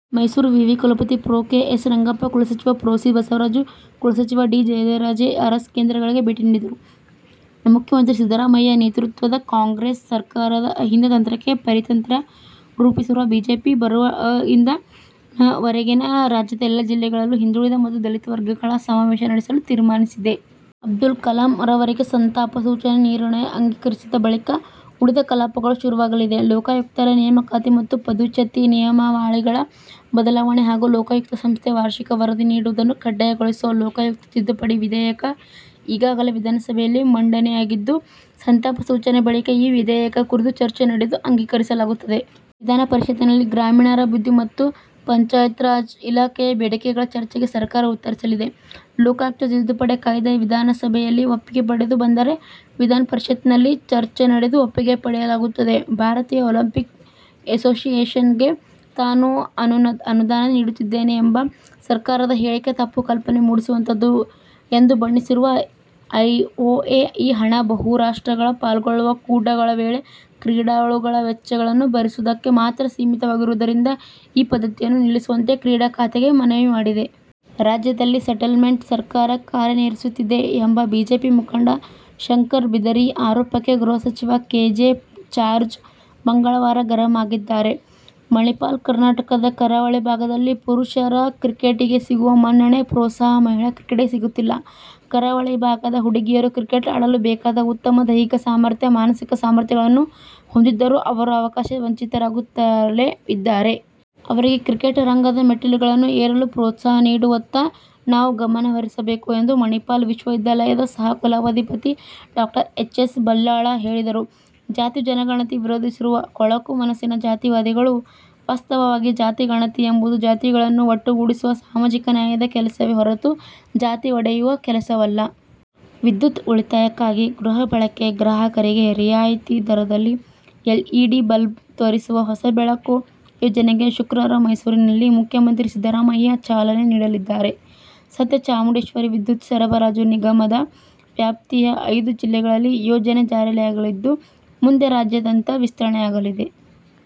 ಮೈಸೂರು ವಿವಿ ಕುಲಪತಿ pro. K. S. Rangappa, ಕುಲಸಚಿವ ಪ್ರೊ. ಸಿ. ಬಸವರಾಜು, ಕುಲಸಚಿವ ಡಿ. ಜಯದೇವರಾಜೇ ಅರಸ್ ಕೇಂದ್ರಗಳಿಗೆ ಭೇಟಿ ನೀಡಿದರು. ಮುಖ್ಯಮಂತ್ರಿ ಸಿದ್ದರಾಮಯ್ಯ ನೇತೃತ್ವದ ಕಾಂಗ್ರೆಸ್ ಸರ್ಕಾರದ ಅಹಿಂದ ತಂತ್ರಕ್ಕೆ ಪ್ರತಿತಂತ್ರ ರೂಪಿಸಿರುವ ಬಿಜೆಪಿ, ಬರುವ ಅ. ರಿಂದ ನ. ರವರೆಗೆ ರಾಜ್ಯದ ಎಲ್ಲ ಜಿಲ್ಲೆಗಳಲ್ಲೂ ಹಿಂದುಳಿದ ಮತ್ತು ದಲಿತ ವರ್ಗಗಳ ಸಮಾವೇಶ ನಡೆಸಲು ತೀರ್ಮಾನಿಸಿದೆ. ಅಬ್ದುಲ್ ಕಲಾಂ ಅವರಿಗೆ ಸಂತಾಪ ಸೂಚನಾ ನಿರ್ಣಯ ಅಂಗೀಕರಿಸಿದ ಬಳಿಕ ಉಳಿದ ಕಲಾಪಗಳು ಶುರುವಾಗಲಿದೆ. ಲೋಕಾಯುಕ್ತರ ನೇಮಕಾತಿ ಮತ್ತು ಪದಚ್ಯುತಿ ನಿಯಮಾವಳಿಗಳ ಬದಲಾವಣೆ ಹಾಗೂ ಲೋಕಾಯುಕ್ತ ಸಂಸ್ಥೆ ವಾರ್ಷಿಕ ವರದಿ ನೀಡುವುದನ್ನು ಕಡ್ಡಾಯಗೊಳಿಸುವ ಲೋಕಾಯುಕ್ತ ತಿದ್ದುಪಡಿ ವಿಧೇಯಕ ಈಗಾಗಲೇ ವಿಧಾನಸಭೆಯಲ್ಲಿ ಮಂಡನೆಯಾಗಿದ್ದು, ಸಂತಾಪ ಸೂಚನೆ ಬಳಿಕ ಈ ವಿಧೇಯಕದ ಕುರಿತು ಚರ್ಚೆ ನಡೆದು ಅಂಗೀಕರಿಸಲಾಗುತ್ತದೆ. ವಿಧಾನ ಪರಿಷತ್ತಿನಲ್ಲಿ ಗ್ರಾಮೀಣಾಭಿವೃದ್ಧಿ ಮತ್ತು ಪಂಚಾಯತ್ರಾಜ್ ಇಲಾಖೆಯ ಬೇಡಿಕೆಗಳ ಚರ್ಚೆಗೆ ಸರ್ಕಾರ ಉತ್ತರಿಸಲಿದೆ. ಲೋಕಾಯುಕ್ತ ತಿದ್ದುಪಡಿ ಕಾಯ್ದೆ ವಿಧಾನಸಭೆಯಲ್ಲಿ ಒಪ್ಪಿಗೆ ಪಡೆದು ಬಂದರೆ ವಿಧಾನ ಪರಿಷತ್ತಿನಲ್ಲಿ ಚರ್ಚೆ ನಡೆದು ಒಪ್ಪಿಗೆ ಪಡೆಯಲಾಗುತ್ತದೆ. ಭಾರತೀಯ ಒಲಿಂಪಿಕ್ ಎಸೋಸಿಯೇಶನ್ಗೆ ತಾನು ಅನುದಾನ ನೀಡುತ್ತಿದ್ದೇನೆಂಬ ಸರಕಾರದ ಹೇಳಿಕೆ ತಪ್ಪು ಕಲ್ಪನೆ ಮೂಡಿಸುವಂಥದ್ದುಎಂದು ಬಣ್ಣಿಸಿರುವ ಐಒಎ, ಈ ಹಣ ಬಹುರಾಷ್ಟ್ರಗಳು ಪಾಲ್ಗೊಳ್ಳುವ ಕೂಟಗಳ ವೇಳೆ ಕ್ರೀಡಾಳುಗಳ ವೆಚ್ಚಗಳನ್ನು ಭರಿಸುವುದಕ್ಕೆ ಮಾತ್ರ ಸೀಮಿತವಾಗಿರುವುದರಿಂದ ಈ ಪದ್ಧತಿಯನ್ನು ನಿಲ್ಲಿಸುವಂತೆ ಕ್ರೀಡಾ ಖಾತೆಗೆ ಮನವಿ ಮಾಡಿದೆ. ರಾಜ್ಯದಲ್ಲಿ ಸೆಟಲ್ ಮೆಂಟ್ ಸರ್ಕಾರ ಕಾರ್ಯನಿರ್ವಹಿಸುತ್ತಿದೆ ಎಂಬ ಬಿಜೆಪಿ ಮುಖಂಡ ಶಂಕರ ಬಿದರಿ ಆರೋಪಕ್ಕೆ ಗೃಹಸಚಿವ ಕೆ. ಜೆ. ಜಾರ್ಜ್ ಮಂಗಳವಾರ ಗರಂ ಆಗಿದ್ದಾರೆ. ಮಣಿಪಾಲ ಕರ್ನಾಟಕದ ಕರಾವಳಿ ಭಾಗದಲ್ಲಿ ಪುರುಷರ ಕ್ರಿಕೆಟಿಗೆ ಸಿಗುವ ಮನ್ನಣೆ, ಪ್ರೋತ್ಸಾಹ ಮಹಿಳಾ ಕ್ರಿಕೆಟಿಗೆ ಸಿಗುತ್ತಿಲ್ಲ. ಕರಾವಳಿ ಭಾಗದ ಹುಡುಗಿಯರು ಕ್ರಿಕೆಟ್ಆಡಲು ಬೇಕಾದ ಉತ್ತಮ ದೈಹಿಕ ಸಾಮರ್ಥ್ಯ, ಮಾನಸಿಕ ಸಾಮರ್ಥ್ಯಗಳನ್ನು ಹೊಂದಿದ್ದರೂ ಅವರು ಅವಕಾಶ ವಂಚಿತರಾಗುತ್ತಲೇ ಇದ್ದಾರೆ. ಅವರಿಗೆ ಕ್ರಿಕೆಟ್ ರಂಗದ ಮೆಟ್ಟಿಲುಗಳನ್ನು ಏರಲು ಪೋ›ತ್ಸಾಹ ನೀಡುವತ್ತ ನಾವು ಗಮನಹರಿಸಬೇಕು ಎಂದು ಮಣಿಪಾಲ ವಿಶ್ವವಿದ್ಯಾಲಯದ ಸಹ ಕುಲಾಧಿಪತಿ ಡಾ ಎಚ್. ಎಸ್. ಬಲ್ಲಾಳ್ ಹೇಳಿದರು. "ಜಾತಿ ಜನಗಣತಿ ವಿರೋಧಿಸುವವರು ಕೊಳಕು ಮನಸ್ಸಿನ ಜಾತಿವಾದಿಗಳು. ವಾಸ್ತವವಾಗಿ ಜಾತಿ ಗಣತಿ ಎಂಬುದು ಜಾತಿಗಳನ್ನು ಒಟ್ಟುಗೂಡಿಸುವ ಸಾಮಾಜಿಕ ನ್ಯಾಯದ ಕೆಲಸವೇ ಹೊರತು ಜಾತಿ ಒಡೆಯುವ ಕೆಲಸವಲ್ಲ. ವಿದ್ಯುತ್ ಉಳಿತಾಯಕ್ಕಾಗಿ ಗೃಹ ಬಳಕೆ ಗ್ರಾಹಕರಿಗೆ ರಿಯಾಯಿತಿ ದರದಲ್ಲಿ ಎಲ್ಇಡಿ ಬಲ್ಬ್ವಿ ತರಿಸುವ 'ಹೊಸ ಬೆಳಕು' ಯೋಜನೆಗೆ ಶುಕ್ರವಾರ ಮೈಸೂರಿನಲ್ಲಿ ಮುಖ್ಯಮಂತ್ರಿ ಸಿದ್ದರಾಮಯ್ಯ ಚಾಲನೆ ನೀಡಲಿದ್ದಾರೆ. ಸದ್ಯ ಚಾಮುಂಡೇಶ್ವರಿ ವಿದ್ಯುತ್ ಸರಬರಾಜು ನಿಗಮ ದ ವ್ಯಾಪ್ತಿಯ ಐದು ಜಿಲ್ಲೆಗಳಲ್ಲಿ ಯೋಜನೆ ಜಾರಿಯಾಗಲಿದ್ದು, ಮುಂದೆ ರಾಜ್ಯಾದ್ಯಂತ ವಿಸ್ತರಣೆಯಾಗಲಿದೆ.